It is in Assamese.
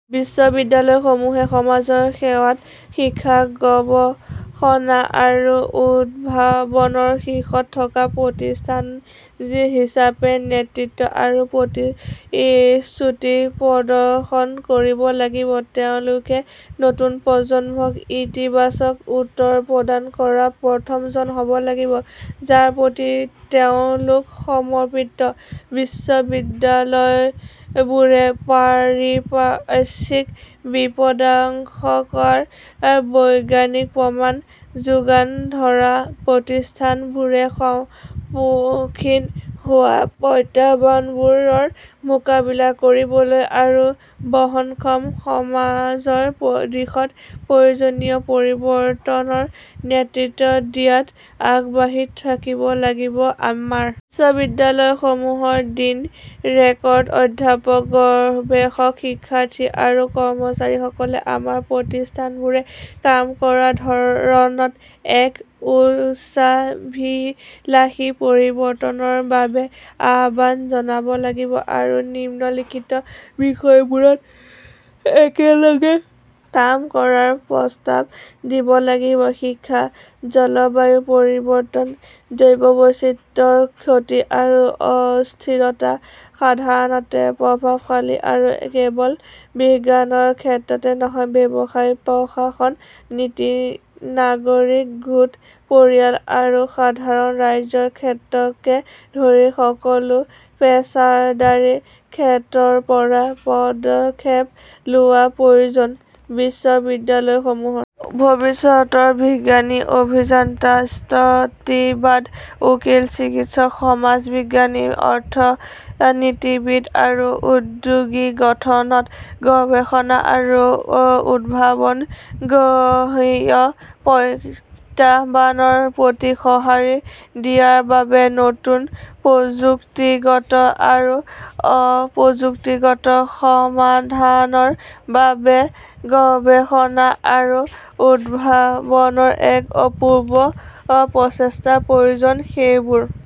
বিশ্ববিদ্যালয়সমূহে সমাজৰ সেৱাত শিক্ষা, গৱেষণা আৰু উদ্ভাৱনৰ শীৰ্ষত থকা প্ৰতিষ্ঠান হিচাপে নেতৃত্ব আৰু প্ৰতি এই শ্ৰুতি প্ৰদৰ্শন কৰিব লাগিব। তেওঁলোকে নতুন প্ৰজন্মক ইতিবাচক উত্তৰ প্ৰদান কৰা প্ৰথমজন হ'ব লাগিব, যাৰ প্ৰতি তেওঁলোক সমৰ্পিত। বিশ্ববিদ্যালয়বোৰে পাৰিপাৰ্শ্বিক বিপদাঙশকাৰ বৈজ্ঞানিক প্ৰমাণ যোগান ধৰা প্ৰতিষ্ঠানবোৰে সন্মুখীন হোৱা প্ৰত্যাহ্বানবোৰৰ মোকাবিলা কৰিবলৈ আৰু বহনক্ষম সমাজৰ দিশত প্ৰয়োজনীয় পৰিৱৰ্তনৰ নেতৃত্ব দিয়াত আগবাঢ়ি থাকিব লাগিব। আমাৰ বিশ্ববিদ্যালয়সমূহৰ ডিন ৰেকড অধ্যাপকৰ গৱেষক শিক্ষাৰ্থী আৰু কৰ্মচাৰীসকলে আমাৰ প্ৰতিষ্ঠানবোৰে কাম কৰাৰ ধৰণত এক উচ্চাভিলাষী পৰিৱৰ্তনৰ বাবে আহ্বান জনাব লাগিব আৰু নিম্নলিখিত বিষয়বোৰত একেলগে কাম কৰাৰ প্ৰস্তাৱ দিব লাগিব। শিক্ষা, জলবায়ু পৰিৱৰ্তন, জৈৱ বৈচিত্ৰ্যৰ ক্ষতি আৰু অস্থিৰতা সাধাৰণতে প্ৰভাৱশালী আৰু কেৱল বিজ্ঞানৰ ক্ষেত্ৰতে নহয়, ব্যৱসায় প্ৰশাসন নীতি, নাগৰিক গোট ,পৰিয়াল আৰু সাধাৰণ ৰাইজৰ ক্ষেত্ৰকে ধৰি সকলো পেছাদাৰী ক্ষেত্ৰৰ পৰা পদক্ষেপ লোৱা প্ৰয়োজন। বিশ্ববিদ্যালয়সমূহৰ ভৱিষ্যতৰ বিজ্ঞানী, অভিযন্তা, স্থতিবাদ, উকীল, চিকিৎসক, সমাজ বিজ্ঞানী, অৰ্থনীতিবিদ আৰু উদ্যোগী গঠনত গৱেষণা আৰু উদ্ভাৱনগ্ৰহীয় প্ৰত্যাহ্বানৰ প্ৰতি সঁহাৰি দিয়াৰ বাবে নতুন প্ৰযুক্তিগত আৰু অপ্ৰযুক্তিগত সমাধানৰ বাবে গৱেষণা আৰু উদ্ভাৱনৰ এক অপূৰ্ব প্ৰচেষ্টাৰ প্ৰয়োজন। সেইবোৰ